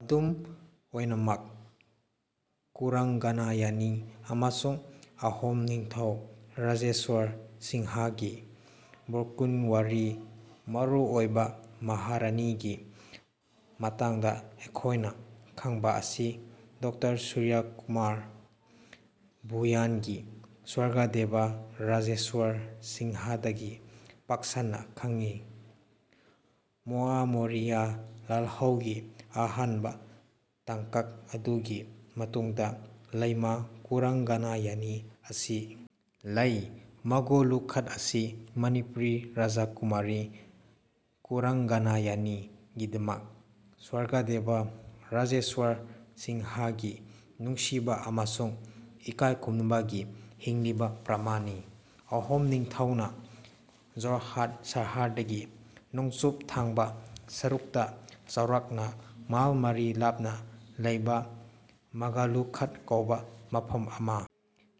ꯑꯗꯨꯝ ꯑꯣꯏꯅꯃꯛ ꯀꯨꯔꯪꯒꯅꯌꯅꯤ ꯑꯃꯁꯨꯡ ꯑꯍꯣꯝ ꯅꯤꯡꯊꯧ ꯔꯥꯖꯦꯁ꯭ꯋꯔ ꯁꯤꯡꯍꯒꯤ ꯕꯣꯔꯀꯨꯟꯋꯥꯔꯤ (ꯃꯔꯨꯑꯣꯏꯕ ꯃꯍꯥꯔꯥꯅꯤ)ꯒꯤ ꯃꯇꯥꯡꯗ ꯑꯩꯈꯣꯏꯅ ꯈꯪꯕ ꯑꯁꯤ ꯗꯣꯛꯇꯔ ꯁꯨꯔꯌꯀꯨꯃꯥꯔ ꯚꯨꯌꯥꯟꯒꯤ ꯁ꯭ꯋꯔꯒꯗꯦꯕ ꯔꯥꯖꯦꯁ꯭ꯋꯔ ꯁꯤꯡꯍꯗꯒꯤ ꯄꯥꯛ ꯁꯟꯅ ꯈꯡꯉꯤ꯫ ꯃꯣꯑꯃꯣꯔꯤꯌꯥ ꯂꯥꯜꯍꯧꯒꯤ ꯑꯍꯥꯟꯕ ꯇꯥꯡꯀꯛ ꯑꯗꯨꯒꯤ ꯃꯇꯨꯡꯗ ꯂꯩꯃꯥ ꯀꯨꯔꯪꯒꯅꯌꯅꯤ ꯑꯁꯤ ꯂꯩ꯫ ꯃꯒꯣꯂꯨ ꯈꯥꯠ ꯑꯁꯤ ꯃꯅꯤꯄꯨꯔꯤ ꯔꯥꯖꯀꯨꯃꯥꯔꯤ ꯀꯨꯔꯪꯒꯅꯌꯅꯤꯒꯤꯗꯃꯛ ꯁ꯭ꯋꯔꯒꯗꯦꯕ ꯔꯥꯖꯦꯁ꯭ꯋꯔ ꯁꯤꯡꯍꯒꯤ ꯅꯨꯡꯁꯤꯕ ꯑꯃꯁꯨꯡ ꯏꯀꯥꯏ ꯈꯨꯝꯅꯕꯒꯤ ꯍꯤꯡꯂꯤꯕ ꯄ꯭ꯔꯃꯥꯟꯅꯤ꯫ ꯑꯍꯣꯝ ꯅꯤꯡꯊꯧꯅ ꯖꯣꯔꯍꯥꯠ ꯁꯍꯔꯗꯒꯤ ꯅꯣꯡꯆꯨꯞ ꯊꯪꯕ ꯁꯔꯨꯛꯇ ꯆꯥꯎꯔꯥꯛꯅ ꯃꯥꯏꯜ ꯃꯔꯤ ꯂꯥꯞꯅ ꯂꯩꯕ ꯃꯒꯥꯂꯨ ꯈꯥꯠ ꯀꯧꯕ ꯃꯐꯝ ꯑꯃ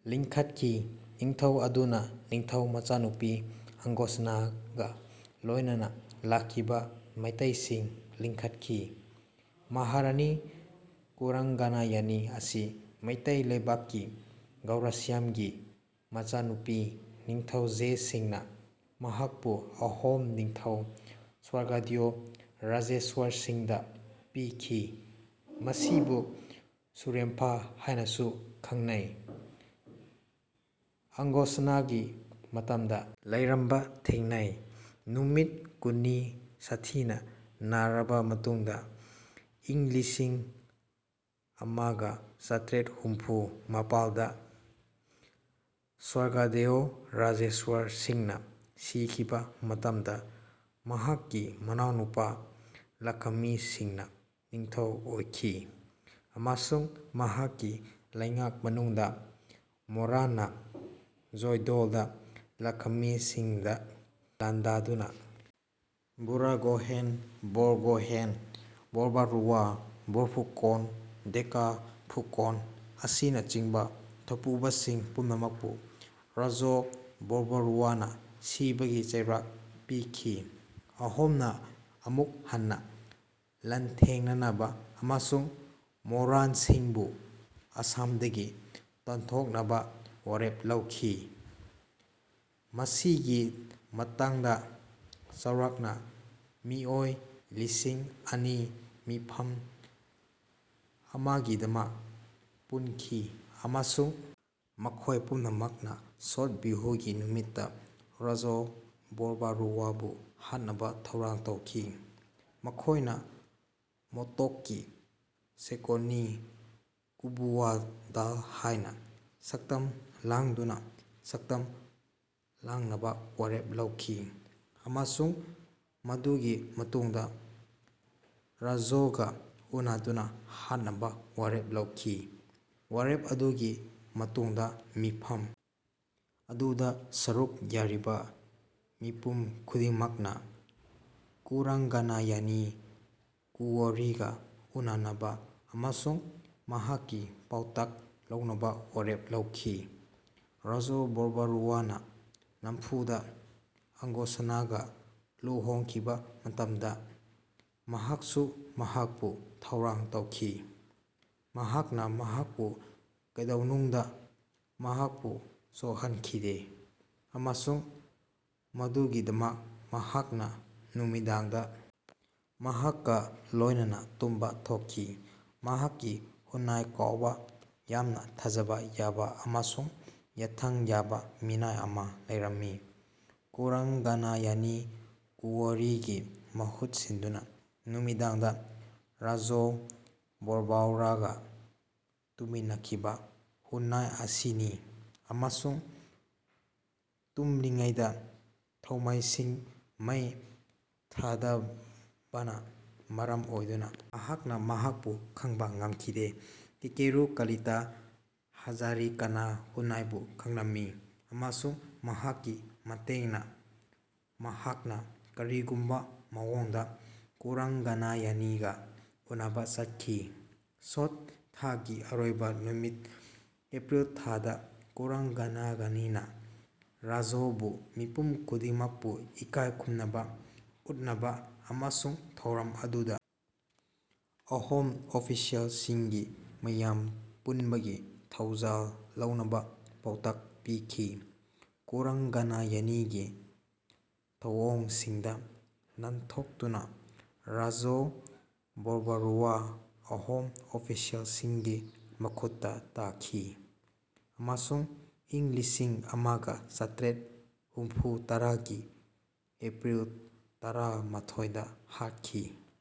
ꯂꯤꯡꯈꯠꯈꯤ꯫ ꯅꯤꯡꯊꯧ ꯑꯗꯨꯅ ꯅꯤꯡꯊꯧ ꯃꯆꯥꯅꯨꯄꯤ ꯑꯪꯒꯣꯁꯅꯥꯒ ꯂꯣꯏꯅꯅ ꯂꯥꯛꯈꯤꯕ ꯃꯩꯇꯩꯁꯤꯡ ꯂꯤꯡꯈꯠꯈꯤ꯫ ꯃꯍꯥꯔꯥꯅꯤ ꯀꯨꯔꯪꯒꯅꯌꯅꯤ ꯑꯁꯤ ꯃꯩꯇꯩ ꯂꯩꯕꯥꯛꯀꯤ ꯒꯧꯔꯁ꯭ꯌꯥꯝꯒꯤ ꯃꯆꯥꯅꯨꯄꯤꯅꯤ꯫ ꯅꯤꯡꯊꯧ ꯖꯌ ꯁꯤꯡꯍꯅ ꯃꯍꯥꯛꯄꯨ ꯑꯍꯣꯝ ꯅꯤꯡꯊꯧ ꯁ꯭ꯋꯔꯒꯗꯦꯑꯣ ꯔꯥꯖꯦꯁ꯭ꯋꯔ ꯁꯤꯡꯍꯗ ꯄꯤꯈꯤ, ꯃꯁꯤꯕꯨ ꯁꯨꯔꯦꯝꯐꯥ ꯍꯥꯏꯅꯁꯨ ꯈꯪꯅꯩ꯫ ꯑꯪꯒꯣꯁꯅꯥꯒꯤ ꯃꯇꯝꯗ ꯂꯩꯔꯝꯕ ꯊꯦꯡꯅꯩ꯫ ꯅꯨꯃꯤꯠ ꯀꯨꯟꯅꯤ ꯁꯥꯊꯤꯅ ꯅꯥꯔꯕ ꯃꯇꯨꯡꯗ ꯏꯪ ꯂꯤꯁꯤꯡ ꯑꯃꯒ ꯆꯥꯇ꯭ꯔꯦꯠ ꯍꯨꯝꯐꯨ ꯃꯄꯜꯗ ꯁ꯭ꯋꯔꯒꯗꯦꯑꯣ ꯔꯥꯖꯦꯁ꯭ꯋꯔ ꯁꯤꯡꯍꯅ ꯁꯤꯈꯤꯕ ꯃꯇꯝꯗ ꯃꯍꯥꯛꯀꯤ ꯃꯅꯥꯎꯅꯨꯄꯥ ꯂꯈꯃꯤ ꯁꯤꯡꯍꯅ ꯅꯤꯡꯊꯧ ꯑꯣꯏꯈꯤ ꯑꯃꯁꯨꯡ ꯃꯍꯥꯛꯀꯤ ꯂꯩꯉꯥꯛ ꯃꯅꯨꯡꯗ ꯃꯣꯔꯥꯟꯅ ꯖꯣꯏꯗꯣꯜꯗ ꯂꯈꯃꯤ ꯁꯤꯡꯍꯗ ꯂꯥꯟꯗꯥꯗꯨꯅ ꯕꯨꯔꯥꯒꯣꯍꯦꯟ, ꯕꯣꯔꯒꯣꯍꯦꯟ, ꯕꯣꯔꯕꯥꯔꯨꯋꯥ, ꯕꯣꯔꯐꯨꯀꯣꯟ, ꯗꯦꯀꯥꯐꯨꯀꯣꯟ ꯑꯁꯤꯅꯆꯤꯡꯕ ꯊꯧꯄꯨꯕꯁꯤꯡ ꯄꯨꯝꯅꯃꯛꯄꯨ ꯔꯥꯘꯣ ꯕꯣꯔꯕꯔꯨꯋꯥꯅ ꯁꯤꯕꯒꯤ ꯆꯩꯔꯥꯛ ꯄꯤꯈꯤ꯫ ꯑꯍꯣꯝꯅ ꯑꯃꯨꯛ ꯍꯟꯅ ꯂꯥꯟꯊꯦꯡꯅꯅꯕ ꯑꯃꯁꯨꯡ ꯃꯣꯔꯥꯟꯁꯤꯡꯕꯨ ꯑꯁꯥꯝꯗꯒꯤ ꯇꯥꯟꯊꯣꯛꯅꯕ ꯋꯥꯔꯦꯞ ꯂꯧꯈꯤ꯫ ꯃꯁꯤꯒꯤ ꯃꯇꯥꯡꯗ ꯆꯥꯎꯔꯥꯛꯅ ꯃꯤꯑꯣꯏ ꯂꯤꯁꯤꯡ ꯑꯅꯤ ꯃꯤꯐꯝ ꯑꯃꯒꯤꯗꯃꯛ ꯄꯨꯟꯈꯤ ꯑꯃꯁꯨꯡ ꯃꯈꯣꯏ ꯄꯨꯝꯅꯃꯛꯅ ꯁꯣꯠ ꯕꯤꯍꯨꯒꯤ ꯅꯨꯃꯤꯠꯇ ꯔꯥꯘꯣ ꯕꯣꯔꯕꯥꯔꯨꯋꯥꯕꯨ ꯍꯥꯠꯅꯕ ꯊꯧꯔꯥꯡ ꯇꯧꯈꯤ꯫ ꯃꯈꯣꯏꯅ ꯃꯣꯇꯣꯛꯀꯤ ꯁꯦꯀꯣꯅꯤ-ꯀꯨꯕꯨꯋꯥ ꯗꯥꯜ ꯍꯥꯏꯅ ꯁꯛꯇꯝ ꯂꯥꯡꯗꯨꯅ ꯁꯛꯇꯝ ꯂꯥꯡꯅꯕ ꯋꯥꯔꯦꯞ ꯂꯧꯈꯤ ꯑꯃꯁꯨꯡ ꯃꯗꯨꯒꯤ ꯃꯇꯨꯡꯗ ꯔꯥꯘꯣꯒ ꯎꯅꯗꯨꯅ ꯍꯥꯠꯅꯕ ꯋꯥꯔꯦꯞ ꯂꯧꯈꯤ꯫ ꯋꯥꯔꯦꯞ ꯑꯗꯨꯒꯤ ꯃꯇꯨꯡꯗ ꯃꯤꯐꯝ ꯑꯗꯨꯗ ꯁꯔꯨꯛ ꯌꯥꯔꯤꯕ ꯃꯤꯄꯨꯝ ꯈꯨꯗꯤꯡꯃꯛꯅ ꯀꯨꯔꯪꯒꯅꯌꯅꯤ ꯀꯨꯋꯣꯔꯤꯒ ꯎꯅꯅꯕ ꯑꯃꯁꯨꯡ ꯃꯍꯥꯛꯀꯤ ꯄꯥꯎꯇꯥꯛ ꯂꯧꯅꯕ ꯋꯥꯔꯦꯞ ꯂꯧꯈꯤ꯫ ꯔꯥꯖꯣ ꯕꯣꯔꯕꯥꯔꯨꯋꯥꯅ ꯅꯝꯐꯨꯗ ꯑꯡꯒꯣꯁꯥꯅꯥꯒ ꯂꯨꯍꯣꯡꯈꯤꯕ ꯃꯇꯝꯗ ꯃꯍꯥꯛꯁꯨ ꯃꯍꯥꯛꯄꯨ ꯊꯧꯔꯥꯡ ꯇꯧꯈꯤ꯫ ꯃꯍꯥꯛꯅ ꯃꯍꯥꯛꯄꯨ ꯀꯩꯗꯧꯅꯨꯡꯗ ꯃꯍꯥꯛꯄꯨ ꯁꯣꯛꯍꯟꯈꯤꯗꯦ ꯑꯃꯁꯨꯡ ꯃꯗꯨꯒꯤꯗꯃꯛ ꯃꯍꯥꯛꯅ ꯅꯨꯃꯤꯗꯥꯡꯗ ꯃꯍꯥꯛꯀ ꯂꯣꯏꯅꯅ ꯇꯨꯝꯕ ꯇꯣꯛꯈꯤ꯫ ꯃꯍꯥꯛꯀꯤ ꯍꯨꯅꯥꯏ ꯀꯧꯕ ꯌꯥꯝꯅ ꯊꯥꯖꯕ ꯌꯥꯕ ꯑꯃꯁꯨꯡ ꯌꯥꯊꯪ ꯌꯥꯕ ꯃꯤꯅꯥꯏ ꯑꯃ ꯂꯩꯔꯝꯃꯤ꯫ ꯀꯨꯔꯪꯒꯅꯌꯅꯤ ꯀꯨꯋꯣꯔꯤꯒꯤ ꯃꯍꯨꯠ ꯁꯤꯟꯗꯨꯅ ꯅꯨꯃꯤꯗꯥꯡꯗ ꯔꯥꯖꯣ ꯕꯣꯔꯕꯥꯎꯔꯒ ꯇꯨꯝꯃꯤꯟꯅꯈꯤꯕ ꯍꯨꯅꯥꯏ ꯑꯁꯤꯅꯤ ꯑꯃꯁꯨꯡ ꯇꯨꯝꯂꯤꯉꯩꯗ ꯊꯥꯎꯃꯩꯁꯤꯡ ꯃꯩ ꯊꯥꯗꯕꯅ ꯃꯔꯝ ꯑꯣꯏꯗꯨꯅ ꯃꯍꯥꯛꯅ ꯃꯍꯥꯛꯄꯨ ꯈꯪꯕ ꯉꯝꯈꯤꯗꯦ꯫ ꯀꯦꯀꯦꯔꯨ ꯀꯂꯤꯇꯥ ꯍꯖꯥꯔꯤꯀꯥꯅ ꯍꯨꯅꯥꯏꯕꯨ ꯈꯪꯂꯝꯃꯤ ꯑꯃꯁꯨꯡ ꯃꯍꯥꯛꯀꯤ ꯃꯇꯦꯡꯅ ꯃꯍꯥꯛꯅ ꯀꯔꯤꯒꯨꯝꯕ ꯃꯑꯣꯡꯗ ꯀꯨꯔꯪꯒꯅꯌꯅꯤꯒ ꯎꯟꯅꯕ ꯆꯠꯈꯤ꯫ ꯁꯣꯠ ꯊꯥꯒꯤ ꯑꯔꯣꯏꯕ ꯅꯨꯃꯤꯠ (ꯑꯦꯄ꯭ꯔꯤꯜ-ꯊꯥ)ꯗ ꯀꯨꯔꯪꯒꯅꯌꯅꯤꯅ ꯔꯥꯖꯣꯕꯨ ꯃꯤꯄꯨꯝ ꯈꯨꯗꯤꯡꯃꯛꯄꯨ ꯏꯀꯥꯏ ꯈꯨꯝꯅꯕ ꯎꯠꯅꯕ ꯑꯃꯁꯨꯡ ꯊꯧꯔꯝ ꯑꯗꯨꯗ ꯑꯍꯣꯝ ꯑꯣꯐꯤꯁꯤꯑꯦꯜꯁꯤꯡꯒꯤ ꯃꯤꯌꯥꯝ ꯄꯨꯟꯕꯒꯤ ꯊꯧꯖꯥꯜ ꯂꯧꯅꯕ ꯄꯥꯎꯇꯥꯛ ꯄꯤꯈꯤ꯫ ꯀꯨꯔꯪꯒꯅꯌꯅꯤꯒꯤ ꯊꯧꯑꯣꯡꯁꯤꯡꯗ ꯅꯥꯟꯊꯣꯛꯇꯨꯅ ꯔꯥꯖꯣ ꯕꯣꯔꯕꯥꯔꯨꯋꯥꯍ ꯑꯍꯣꯝ ꯑꯣꯐꯤꯁꯤꯑꯦꯜꯁꯤꯡꯒꯤ ꯃꯈꯨꯠꯇ ꯇꯥꯈꯤ ꯑꯃꯁꯨꯡ ꯏꯪ ꯂꯤꯁꯤꯡ ꯑꯃꯒ ꯆꯥꯇ꯭ꯔꯦꯠ ꯍꯨꯝꯐꯨꯇꯔꯥꯒꯤ ꯑꯦꯄ꯭ꯔꯤꯜ ꯇꯔꯥꯃꯥꯊꯣꯏꯗ ꯍꯥꯠꯈꯤ꯫